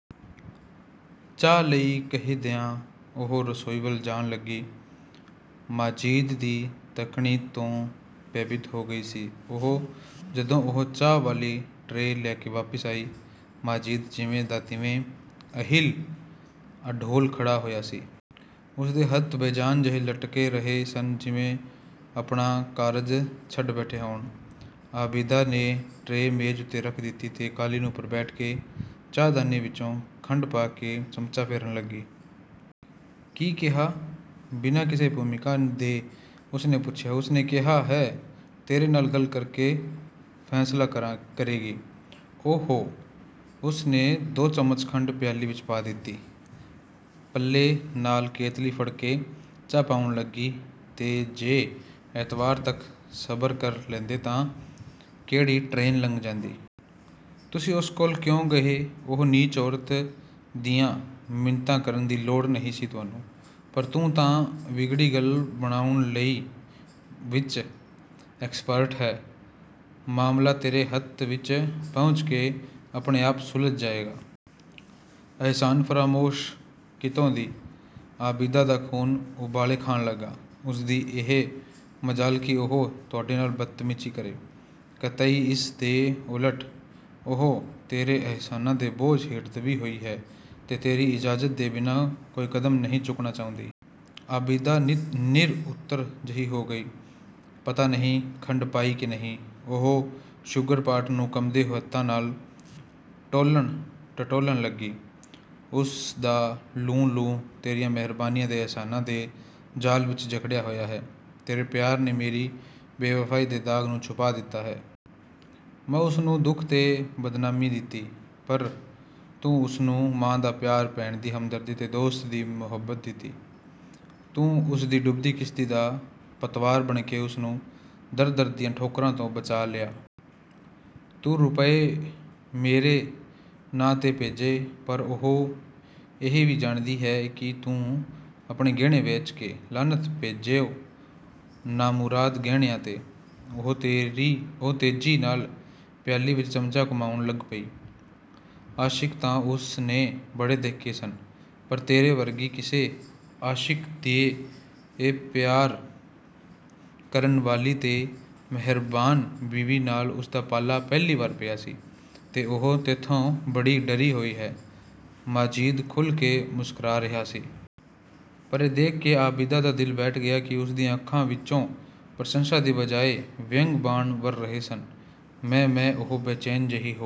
"ਚਾਹ ਲਈ ਕਹਿ ਦਿਆਂ," ਉਹ ਰਸੋਈ ਵੱਲ ਜਾਣ ਲੱਗੀ, ਮਾਜਿਦ ਦੀ ਤੱਕਣੀ ਤੋਂ ਭੈਭੀਤ ਹੋ ਗਈ ਸੀ ਉਹ। ਜਦੋਂ ਉਹ ਚਾਹ ਵਾਲੀ ਟਰੇ ਲੈ ਕੇ ਵਾਪਸ ਆਈ, ਮਾਜਿਦ ਜਿਵੇਂ ਦਾ ਤਿਵੇਂ, ਅਹਿਲ-ਅਡੋਲ, ਖੜ੍ਹਾ ਹੋਇਆ ਸੀ। ਉਸਦੇ ਹੱਥ ਬੇਜਾਨ ਜਿਹੇ ਲਟਕ ਰਹੇ ਸਨ ਜਿਵੇਂ ਆਪਣਾ ਕਾਰਜ ਛੱਡ ਬੈਠੇ ਹੋਣ। ਆਬਿਦਾ ਨੇ ਟਰੇ ਮੇਜ਼ ਉੱਤੇ ਰੱਖ ਦਿੱਤੀ ਤੇ ਕਾਲੀਨ ਉੱਪਰ ਬੈਠ ਕੇ ਚਾਹਦਾਨੀ ਵਿੱਚੋਂ ਖੰਡ ਪਾ ਕੇ ਚਮਚਾ ਫੇਰਨ ਲੱਗੀ। "ਕੀ ਕਿਹਾ?" ਬਿਨਾਂ ਕਿਸੇ ਭੂਮਿਕਾ ਦੇ ਉਸਨੇ ਪੁੱਛਿਆ। "ਉਸਨੇ ਕਿਹਾ ਹੈ, ਤੇਰੇ ਨਾਲ ਗੱਲ ਕਰਕੇ ਫੈਸਲਾ ਕਰੇਗੀ।" "ਓ-ਹੋ--" ਉਸਨੇ ਦੋ ਚਮਚ ਖੰਡ ਪਿਆਲੀ ਵਿੱਚ ਪਾ ਦਿੱਤੀ। ਪੱਲੇ ਨਾਲ ਕੇਤਲੀ ਫੜ੍ਹ ਕੇ ਚਾਹ ਪਾਉਣ ਲੱਗੀ, "ਤੇ ਜੇ ਐਤਵਾਰ ਤੱਕ ਸਬਰ ਕਰ ਲੈਂਦੇ ਤਾਂ ਕਿਹੜੀ ਟਰੇਨ ਲੰਘ ਜਾਂਦੀ! ਤੁਸੀਂ ਉਸ ਕੋਲ ਕਿਉਂ ਗਏ? ਉਸ ਨੀਚ ਔਰਤ ਦੀਆਂ ਮਿੰਨਤਾਂ ਕਰਨ ਦੀ ਲੋੜ ਕੀ ਸੀ ਤੁਹਾਨੂੰ?" "ਪਰ ਤੂੰ ਤਾਂ ਵਿਗੜੀ ਗੱਲ ਬਣਾਉਣ ਵਿੱਚ ਐਕਸਪਰਟ ਹੈਂ, ਮਾਮਲਾ ਤੇਰੇ ਹੱਥ ਵਿੱਚ ਪਹੁੰਚ ਕੇ ਆਪਣੇ ਆਪ ਸੁਲਝ ਜਾਏਗਾ।" "ਅਹਿਸਾਨ ਫ਼ਰਾਮੋਸ਼ ਕਿਤੋਂ ਦੀ," ਆਬਿਦਾ ਦਾ ਖ਼ੂਨ ਉਬਾਲੇ ਖਾਣ ਲੱਗਾ, "ਉਸਦੀ ਇਹ ਮਜ਼ਾਲ ਕਿ ਉਹ ਤੁਹਾਡੇ ਨਾਲ ਬਦਤਮੀਜ਼ੀ ਕਰੇ।" "ਕਤਈ ਇਸ ਦੇ ਉਲਟ, ਉਹ ਤੇਰੇ ਅਹਿਸਾਨਾਂ ਦੇ ਬੋਝ ਹੇਠ ਦੱਬੀ ਹੋਈ ਹੈ ਤੇ ਤੇਰੀ ਇਜਾਜ਼ਤ ਦੇ ਬਿਨਾਂ ਕੋਈ ਕਦਮ ਨਹੀਂ ਚੁੱਕਣਾ ਚਾਹੁੰਦੀ।" ਆਬਿਦਾ ਨਿਰਉੱਤਰ ਜਿਹੀ ਹੋ ਗਈ। "ਪਤਾ ਨਹੀਂ ਖੰਡ ਪਾਈ ਕਿ ਨਹੀਂ!" ਉਹ ਸ਼ੂਗਰ-ਪਾਟ ਨੂੰ ਕੰਬਦੇ ਹੱਥਾਂ ਨਾਲ ਟੋਹਣ-ਟਟੋਲਨ ਲੱਗੀ। "ਉਸਦਾ ਲੂੰ-ਲੂੰ ਤੇਰੀਆਂ ਮਿਹਰਬਾਨੀਆਂ ਤੇ ਅਹਿਸਾਨਾਂ ਦੇ ਜਾਲ ਵਿੱਚ ਜਕੜਿਆ ਹੋਇਆ ਹੈ। ਤੇਰੇ ਪਿਆਰ ਨੇ ਮੇਰੀ ਬੇਵਫ਼ਾਈ ਦੇ ਦਾਗ਼ ਨੂੰ ਛੁਪਾ ਦਿੱਤਾ ਹੈ। ਮੈਂ ਉਸਨੂੰ ਦੁੱਖ ਤੇ ਬਦਨਾਮੀ ਦਿੱਤੀ। ਪਰ ਤੂੰ ਉਸਨੂੰ ਮਾਂ ਦਾ ਪਿਆਰ, ਭੈਣ ਦੀ ਹਮਦਰਦੀ ਤੇ ਦੋਸਤ ਦੀ ਮੁਹੱਬਤ ਦਿੱਤੀ। ਤੂੰ ਉਸਦੀ ਡੁੱਬਦੀ ਕਿਸ਼ਤੀ ਦਾ ਪਤਵਾਰ ਬਣ ਕੇ ਉਸਨੂੰ ਦਰ-ਦਰ ਦੀਆਂ ਠੋਕਰਾਂ ਤੋਂ ਬਚਾ ਲਿਆ। ਤੂੰ ਰੁਪਏ ਮੇਰੇ ਨਾਂ 'ਤੇ ਭੇਜੇ, ਪਰ ਉਹ ਇਹ ਵੀ ਜਾਣਦੀ ਹੈ ਕਿ ਤੂੰ ਆਪਣੇ ਗਹਿਣੇ ਵੇਚ ਕੇ--" "ਲਾਹਨਤ ਭੇਜੋ ਨਾਮੁਰਾਦ ਗਹਿਣਿਆਂ 'ਤੇ।" ਉਹ ਤੇਜ਼ੀ ਨਾਲ ਪਿਆਲੀ ਵਿੱਚ ਚਮਚਾ ਘੁਮਾਉਣ ਲੱਗ ਪਈ। "ਆਸ਼ਿਕ ਤਾਂ ਉਸਨੇ ਬੜੇ ਦੇਖੇ ਸਨ, ਪਰ ਤੇਰੇ ਵਰਗੀ ਕਿਸੇ ਆਸ਼ਿਕ ਦੀ ਪਿਆਰ ਕਰਨ ਵਾਲੀ ਤੇ ਮਿਹਰਬਾਨ ਬੀਵੀ ਨਾਲ ਉਸਦਾ ਪਾਲਾ ਪਹਿਲੀ ਵਾਰੀ ਪਿਆ ਸੀ-- ਤੇ ਉਹ ਤੈਥੋਂ ਬੜੀ ਡਰੀ ਹੋਈ ਹੈ," ਮਾਜਿਦ ਖੁੱਲ੍ਹ ਕੇ ਮੁਸਕਰਾ ਰਿਹਾ ਸੀ। ਪਰ ਇਹ ਦੇਖ ਕੇ ਆਬਿਦਾ ਦਾ ਦਿਲ ਬੈਠ ਗਿਆ ਕਿ ਉਸਦੀਆਂ ਅੱਖਾਂ ਵਿੱਚੋਂ ਪ੍ਰਸ਼ੰਸਾ ਦੀ ਬਜਾਏ ਵਿਅੰਗ-ਬਾਣ ਵਰ੍ਹ ਰਹੇ ਸਨ। "ਮੈਂ-ਮੈਂ-" ਉਹ ਬੇਚੈਨ ਜਿਹੀ ਹੋ